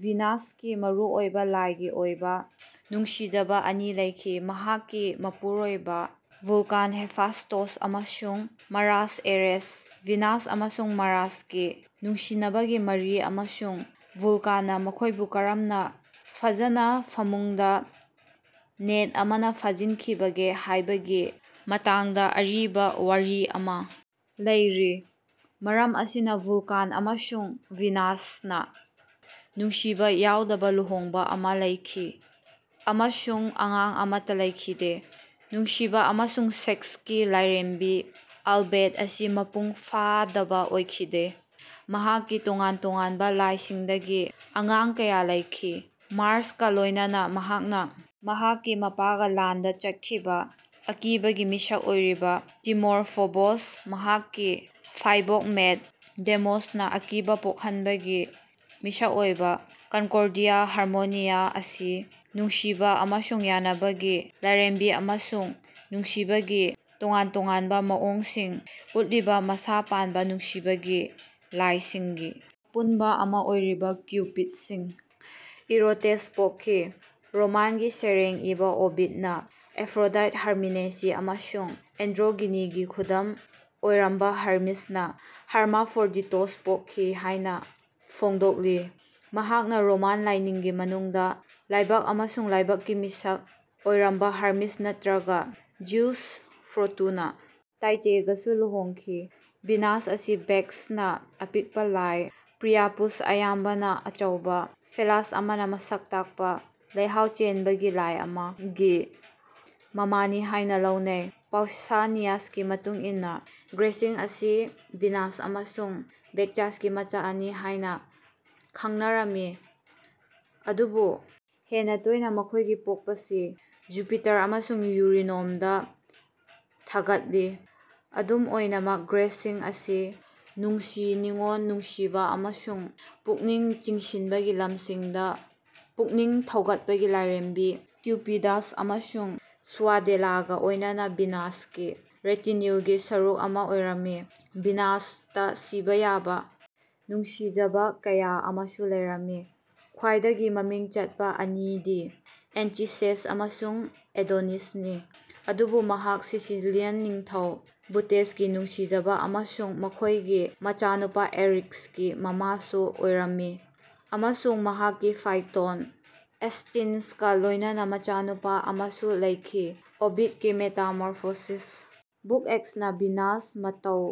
ꯚꯤꯅꯁꯀꯤ ꯃꯔꯨꯑꯣꯏꯕ ꯂꯥꯏꯒꯤ ꯑꯣꯏꯕ ꯅꯨꯡꯁꯤꯖꯕ ꯑꯅꯤ ꯂꯩꯈꯤ: ꯃꯍꯥꯛꯀꯤ ꯃꯄꯨꯔꯣꯏꯕ ꯚꯨꯜꯀꯥꯟ (ꯍꯦꯐꯥꯏꯁ꯭ꯇꯣꯁ) ꯑꯃꯁꯨꯡ ꯃꯥꯔ꯭ꯁ (ꯑꯦꯔꯦꯁ)꯫ ꯚꯤꯅꯁ ꯑꯃꯁꯨꯡ ꯃꯥꯔ꯭ꯁꯀꯤ ꯅꯨꯡꯁꯤꯅꯕꯒꯤ ꯃꯔꯤ ꯑꯃꯁꯨꯡ ꯚꯨꯜꯀꯥꯟꯅ ꯃꯈꯣꯏꯕꯨ ꯀꯔꯝꯅ ꯐꯖꯅ ꯐꯃꯨꯡꯗ ꯅꯦꯠ ꯑꯃꯅ ꯐꯥꯖꯤꯟꯈꯤꯕꯒꯦ ꯍꯥꯏꯕꯒꯤ ꯃꯇꯥꯡꯗ ꯑꯔꯤꯕ ꯋꯥꯔꯤ ꯑꯃ ꯂꯩꯔꯤ꯫ ꯃꯔꯝ ꯑꯁꯤꯅ ꯚꯨꯜꯀꯥꯟ ꯑꯃꯁꯨꯡ ꯚꯤꯅꯁꯅ ꯅꯨꯡꯁꯤꯕ ꯌꯥꯎꯗꯕ ꯂꯨꯍꯣꯡꯕ ꯑꯃ ꯂꯩꯈꯤ ꯑꯃꯁꯨꯡ ꯑꯉꯥꯡ ꯑꯃꯠꯇ ꯂꯩꯈꯤꯗꯦ꯫ ꯅꯨꯡꯁꯤꯕ ꯑꯃꯁꯨꯡ ꯁꯦꯛꯁꯀꯤ ꯂꯥꯏꯔꯦꯝꯕꯤ ꯑꯜꯕꯦꯠ ꯑꯁꯤ ꯃꯄꯨꯡ ꯐꯥꯗꯕ ꯑꯣꯏꯈꯤꯗꯦ; ꯃꯍꯥꯛꯀꯤ ꯇꯣꯉꯥꯟ-ꯇꯣꯉꯥꯟꯕ ꯂꯥꯏꯁꯤꯡꯗꯒꯤ ꯑꯉꯥꯡ ꯀꯌꯥ ꯂꯩꯈꯤ꯫ ꯃꯥꯔ꯭ꯁꯀ ꯂꯣꯏꯅꯅ, ꯃꯍꯥꯛꯅ ꯃꯍꯥꯛꯀꯤ ꯃꯄꯥꯒ ꯂꯥꯟꯗ ꯆꯠꯈꯤꯕ ꯑꯀꯤꯕꯒꯤ ꯃꯤꯁꯛ ꯑꯣꯏꯔꯤꯕ ꯇꯤꯃꯣꯔ (ꯐꯣꯕꯣꯁ), ꯃꯍꯥꯛꯀꯤ ꯐꯥꯏꯕꯣꯛ ꯃꯦꯇꯁ (ꯗꯦꯏꯃꯣꯁ)ꯅ ꯑꯀꯤꯕ ꯄꯣꯛꯍꯟꯕꯒꯤ ꯃꯤꯁꯛ ꯑꯣꯏꯕ, ꯀꯟꯀꯣꯔꯗꯤꯌꯥ (ꯍꯥꯔꯃꯣꯅꯤꯌꯥ) ꯑꯁꯤ ꯅꯨꯡꯁꯤꯕ ꯑꯃꯁꯨꯡ ꯌꯥꯅꯕꯒꯤ ꯂꯥꯏꯔꯦꯝꯕꯤ, ꯑꯃꯁꯨꯡ ꯅꯨꯡꯁꯤꯕꯒꯤ ꯇꯣꯉꯥꯟ-ꯇꯣꯉꯥꯟꯕ ꯃꯑꯣꯡꯁꯤꯡ ꯎꯠꯂꯤꯕ ꯃꯁꯥ ꯄꯥꯟꯕ ꯅꯨꯡꯁꯤꯕꯒꯤ ꯂꯥꯏꯁꯤꯡꯒꯤ ꯑꯄꯨꯟꯕ ꯑꯃ ꯑꯣꯏꯔꯤꯕ ꯀ꯭ꯌꯨꯄꯤꯠꯁꯤꯡ (ꯏꯔꯣꯇꯦꯁ) ꯄꯣꯛꯈꯤ꯫ꯔꯣꯃꯥꯟꯒꯤ ꯁꯩꯔꯦꯡ ꯏꯕ ꯑꯣꯕꯤꯗꯅ ꯑꯦꯐ꯭ꯔꯣꯗꯥꯏꯠ ꯍꯔꯃꯤꯅꯦꯁꯤ ꯑꯃꯁꯨꯡ ꯑꯦꯟꯗ꯭ꯔꯣꯒꯤꯅꯤꯒꯤ ꯈꯨꯗꯝ ꯑꯣꯏꯔꯝꯕ ꯍꯔꯃꯤꯁꯅ ꯍꯔꯃꯥꯐ꯭ꯔꯣꯗꯤꯇꯣꯁ ꯄꯣꯛꯈꯤ ꯍꯥꯏꯅ ꯐꯣꯡꯗꯣꯛꯂꯤ꯫ ꯃꯍꯥꯛꯅ ꯔꯣꯃꯥꯟ ꯂꯥꯏꯅꯤꯡꯒꯤ ꯃꯅꯨꯡꯗ ꯂꯥꯏꯕꯛ ꯑꯃꯁꯨꯡ ꯂꯥꯏꯕꯛꯀꯤ ꯃꯤꯁꯛ ꯑꯣꯏꯔꯝꯕ ꯍꯔꯃꯤꯁ ꯅꯠꯇ꯭ꯔꯒ ꯖꯤꯎꯁ, ꯐꯣꯔꯇꯨꯅꯥ (ꯇꯥꯏꯆꯦ)ꯒꯁꯨ ꯂꯨꯍꯣꯡꯈꯤ꯫ ꯚꯤꯅꯁ ꯑꯁꯤ ꯕꯦꯛꯁꯅ ꯑꯄꯤꯛꯄ ꯂꯥꯏ ꯄ꯭ꯔꯤꯌꯥꯄꯨꯁ (ꯑꯌꯥꯝꯕꯅ ꯑꯆꯧꯕ ꯐꯦꯂꯁ ꯑꯃꯅ ꯃꯁꯛ ꯇꯥꯛꯄ ꯂꯩꯍꯥꯎ ꯆꯦꯟꯕꯒꯤ ꯂꯥꯏ ꯑꯃ)ꯒꯤ ꯃꯃꯥꯅꯤ ꯍꯥꯏꯅ ꯂꯧꯅꯩ꯫ ꯄꯥꯎꯁꯥꯅꯤꯌꯥꯁꯀꯤ ꯃꯇꯨꯡ ꯏꯟꯅ, ꯒ꯭ꯔꯦꯁꯁꯤꯡ ꯑꯁꯤ ꯚꯤꯅꯁ ꯑꯃꯁꯨꯡ ꯕꯦꯛꯆꯁꯀꯤ ꯃꯆꯥꯅꯤ ꯍꯥꯏꯅ ꯈꯟꯅꯔꯝꯃꯤ, ꯑꯗꯨꯕꯨ ꯍꯦꯟꯅ ꯇꯣꯏꯅ ꯃꯈꯣꯏꯒꯤ ꯄꯣꯛꯄꯁꯤ ꯖꯨꯄꯤꯇꯔ ꯑꯃꯁꯨꯡ ꯌꯨꯔꯤꯅꯣꯝꯗ ꯊꯥꯒꯠꯂꯤ꯫ ꯑꯗꯨꯝ ꯑꯣꯏꯅꯃꯛ, ꯒ꯭ꯔꯦꯁꯁꯤꯡ ꯑꯁꯤ ꯅꯨꯡꯁꯤ-ꯅꯨꯡꯑꯣꯟ, ꯅꯨꯡꯁꯤꯕ ꯑꯃꯁꯨꯡ ꯄꯨꯛꯅꯤꯡ ꯆꯤꯡꯁꯤꯟꯕꯒꯤ ꯂꯝꯁꯤꯡꯗ ꯄꯨꯛꯅꯤꯡ ꯊꯧꯒꯠꯄꯒꯤ ꯂꯥꯏꯔꯦꯝꯕꯤ ꯀ꯭ꯌꯨꯄꯤꯗ꯭ꯁ ꯑꯃꯁꯨꯡ ꯁꯨꯑꯗꯦꯂꯥꯒ ꯂꯣꯏꯅꯅ ꯚꯤꯅꯁꯀꯤ ꯔꯦꯇꯤꯅ꯭ꯌꯨꯒꯤ ꯁꯔꯨꯛ ꯑꯃ ꯑꯣꯏꯔꯝꯃꯤ꯫ ꯚꯤꯅꯁꯇ ꯁꯤꯕ ꯌꯥꯕ ꯅꯨꯡꯁꯤꯖꯕ ꯀꯌꯥ ꯑꯃꯁꯨ ꯂꯩꯔꯝꯃꯤ꯫ ꯈ꯭ꯋꯥꯏꯗꯒꯤ ꯃꯃꯤꯡ ꯆꯠꯄ ꯑꯅꯤꯗꯤ ꯑꯦꯟꯆꯤꯁꯦꯁ ꯑꯃꯁꯨꯡ ꯑꯦꯗꯣꯅꯤꯁꯅꯤ, ꯑꯗꯨꯕꯨ ꯃꯍꯥꯛ ꯁꯤꯁꯤꯂꯤꯌꯟ ꯅꯤꯡꯊꯧ ꯕꯨꯇꯦꯁꯀꯤ ꯅꯨꯡꯁꯤꯖꯕ ꯑꯃꯁꯨꯡ ꯃꯈꯣꯏꯒꯤ ꯃꯆꯥꯅꯨꯄꯥ ꯑꯦꯔꯤꯛꯁꯀꯤ ꯃꯃꯥꯁꯨ ꯑꯣꯏꯔꯝꯃꯤ, ꯑꯃꯁꯨꯡ ꯃꯍꯥꯛꯀꯤ ꯐꯥꯏꯊꯣꯟ, ꯑꯦꯁꯇꯤꯟꯁꯀ ꯂꯣꯏꯅꯅ ꯃꯆꯥꯅꯨꯄꯥ ꯑꯃꯁꯨ ꯂꯩꯈꯤ꯫ ꯑꯣꯕꯤꯠꯀꯤ ꯃꯦꯇꯥꯃꯣꯔꯐꯣꯁꯤꯁ (ꯕꯨꯛ ꯑꯦꯛꯁ)ꯅ ꯚꯤꯅꯁꯅ ꯃꯇꯧ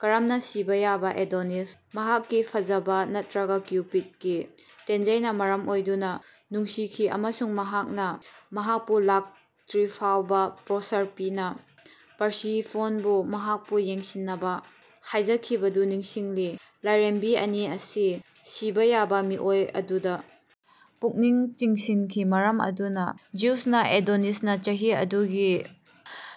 ꯀꯔꯝꯅ ꯁꯤꯕ ꯌꯥꯕ ꯑꯦꯗꯣꯅꯤꯁ (ꯃꯍꯥꯛꯀꯤ ꯐꯖꯕ ꯅꯠꯇ꯭ꯔꯒ ꯀ꯭ꯌꯨꯄꯤꯗꯀꯤ ꯇꯦꯟꯖꯩꯅ ꯃꯔꯝ ꯑꯣꯏꯗꯨꯅ) ꯅꯨꯡꯁꯤꯈꯤ ꯑꯃꯁꯨꯡ ꯃꯍꯥꯛꯅ ꯃꯍꯥꯛꯄꯨ ꯂꯥꯛꯇ꯭ꯔꯤꯐꯥꯎꯕ ꯄ꯭ꯔꯣꯁꯔꯄꯤꯅꯥ (ꯄꯔꯁꯦꯐꯣꯟ)ꯕꯨ ꯃꯍꯥꯛꯄꯨ ꯌꯦꯡꯁꯤꯟꯅꯕ ꯍꯥꯏꯖꯈꯤꯕꯗꯨ ꯅꯤꯡꯁꯤꯡꯂꯤ꯫ ꯂꯥꯏꯔꯦꯝꯕꯤ ꯑꯅꯤ ꯑꯁꯤ ꯁꯤꯕ ꯌꯥꯕ ꯃꯤꯑꯣꯏ ꯑꯗꯨꯗ ꯄꯨꯛꯅꯤꯡ ꯆꯤꯡꯁꯤꯟꯈꯤ, ꯃꯔꯝ ꯑꯗꯨꯅ ꯖꯤꯎꯁꯅ ꯑꯦꯗꯣꯅꯤꯁꯅ ꯆꯍꯤ ꯑꯗꯨꯒꯤ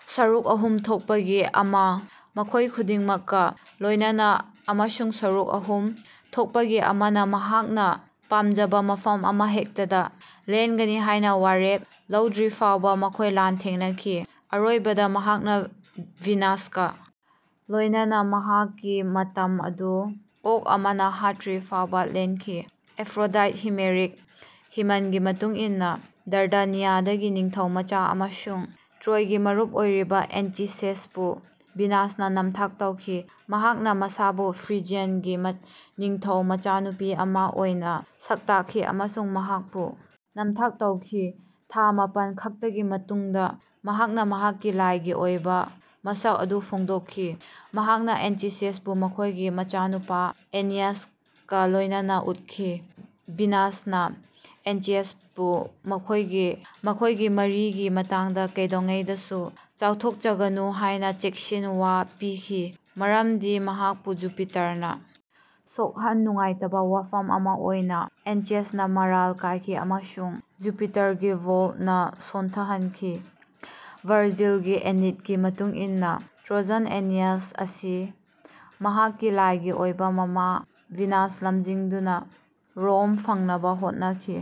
ꯁꯔꯨꯛ ꯑꯍꯨꯝ ꯊꯣꯛꯄꯒꯤ ꯑꯃ ꯃꯈꯣꯏ ꯈꯨꯗꯤꯡꯃꯛꯀ ꯂꯣꯏꯅꯅ ꯑꯃꯁꯨꯡ ꯁꯔꯨꯛ ꯑꯍꯨꯝ ꯊꯣꯛꯄꯒꯤ ꯑꯃꯅ ꯃꯍꯥꯛꯅ ꯄꯥꯝꯖꯕ ꯃꯐꯝ ꯑꯃꯍꯦꯛꯇꯗ ꯂꯦꯟꯒꯅꯤ ꯍꯥꯏꯅ ꯋꯥꯔꯦꯞ ꯂꯧꯗ꯭ꯔꯤꯐꯥꯎꯕ ꯃꯈꯣꯏꯅ ꯂꯥꯟꯊꯦꯡꯅꯈꯤ꯫ ꯑꯔꯣꯏꯕꯗ, ꯃꯍꯥꯛꯅ ꯚꯤꯅꯁꯀ ꯂꯣꯏꯅꯅ ꯃꯍꯥꯛꯀꯤ ꯃꯇꯝ ꯑꯗꯨ ꯑꯣꯛ ꯑꯃꯅ ꯍꯥꯠꯇ꯭ꯔꯤꯐꯥꯎꯕ ꯂꯦꯟꯈꯤ꯫ ꯑꯦꯐ꯭ꯔꯣꯗꯥꯏꯠꯇ ꯍꯣꯃꯦꯔꯤꯛ ꯍꯤꯃꯟꯒꯤ ꯃꯇꯨꯡ ꯏꯟꯅ ꯗꯥꯔꯗꯥꯅꯤꯌꯥꯗꯒꯤ ꯅꯤꯡꯊꯧꯃꯆꯥ ꯑꯃꯁꯨꯡ ꯇ꯭ꯔꯣꯏꯒꯤ ꯃꯔꯨꯞ ꯑꯣꯏꯔꯤꯕ ꯑꯟꯆꯤꯁꯦꯁꯄꯨ ꯚꯤꯅꯁꯅ ꯅꯝꯊꯥꯛ ꯇꯧꯈꯤ꯫ ꯃꯍꯥꯛꯅ ꯃꯁꯥꯕꯨ ꯐ꯭ꯔꯤꯖꯤꯌꯟꯒꯤ ꯅꯤꯡꯊꯧ ꯃꯆꯥꯅꯨꯄꯤ ꯑꯃ ꯑꯣꯏꯅ ꯁꯛꯇꯥꯛꯈꯤ ꯑꯃꯁꯨꯡ ꯃꯍꯥꯛꯄꯨ ꯅꯝꯊꯥꯛ ꯇꯧꯈꯤ; ꯊꯥ ꯃꯥꯄꯟ ꯈꯛꯇꯒꯤ ꯃꯇꯨꯡꯗ ꯃꯍꯥꯛꯅ ꯃꯍꯥꯛꯀꯤ ꯂꯥꯏꯒꯤ ꯑꯣꯏꯕ ꯃꯁꯛ ꯑꯗꯨ ꯐꯣꯡꯗꯣꯛꯈꯤ꯫ ꯃꯍꯥꯛꯅ ꯑꯦꯟꯆꯤꯁꯦꯁꯄꯨ ꯃꯈꯣꯏꯒꯤ ꯃꯆꯥꯅꯨꯄꯥ ꯑꯦꯅꯤꯌꯥꯁꯀ ꯂꯣꯏꯅꯅ ꯎꯠꯈꯤ꯫ ꯚꯤꯅꯁꯅ ꯑꯦꯟꯆꯤꯁꯦꯁꯄꯨ ꯃꯈꯣꯏꯒꯤ ꯃꯔꯤꯒꯤ ꯃꯇꯥꯡꯗ ꯀꯩꯗꯧꯉꯩꯗꯁꯨ ꯆꯥꯎꯊꯣꯛꯆꯒꯅꯨ ꯍꯥꯏꯅ ꯆꯦꯛꯁꯤꯟꯋꯥ ꯄꯤꯈꯤ ꯃꯔꯝꯗꯤ ꯃꯍꯥꯛꯄꯨ ꯖꯨꯄꯤꯇꯔꯅ ꯁꯣꯛꯍꯟ ꯅꯨꯡꯉꯥꯏꯇꯕ ꯋꯥꯐꯝ ꯑꯃ ꯑꯣꯏꯅ, ꯑꯦꯟꯆꯤꯁꯦꯁꯅ ꯃꯔꯥꯜ ꯀꯥꯏꯈꯤ ꯑꯃꯁꯨꯡ ꯖꯨꯄꯤꯇꯔꯒꯤ ꯕꯣꯜꯠꯅ ꯁꯣꯟꯊꯍꯟꯈꯤ꯫ ꯚꯔꯖꯤꯜꯒꯤ ꯑꯦꯅꯤꯠꯀꯤ ꯃꯇꯨꯡ ꯏꯟꯅ ꯇ꯭ꯔꯣꯖꯥꯟ ꯑꯦꯅꯤꯌꯥꯁ ꯑꯁꯤ ꯃꯍꯥꯛꯀꯤ ꯂꯥꯏꯒꯤ ꯑꯣꯏꯕ ꯃꯃꯥ ꯚꯤꯅꯁꯅ ꯂꯝꯖꯤꯡꯗꯨꯅ ꯔꯣꯝ ꯐꯪꯅꯕ ꯍꯣꯠꯅꯈꯤ꯫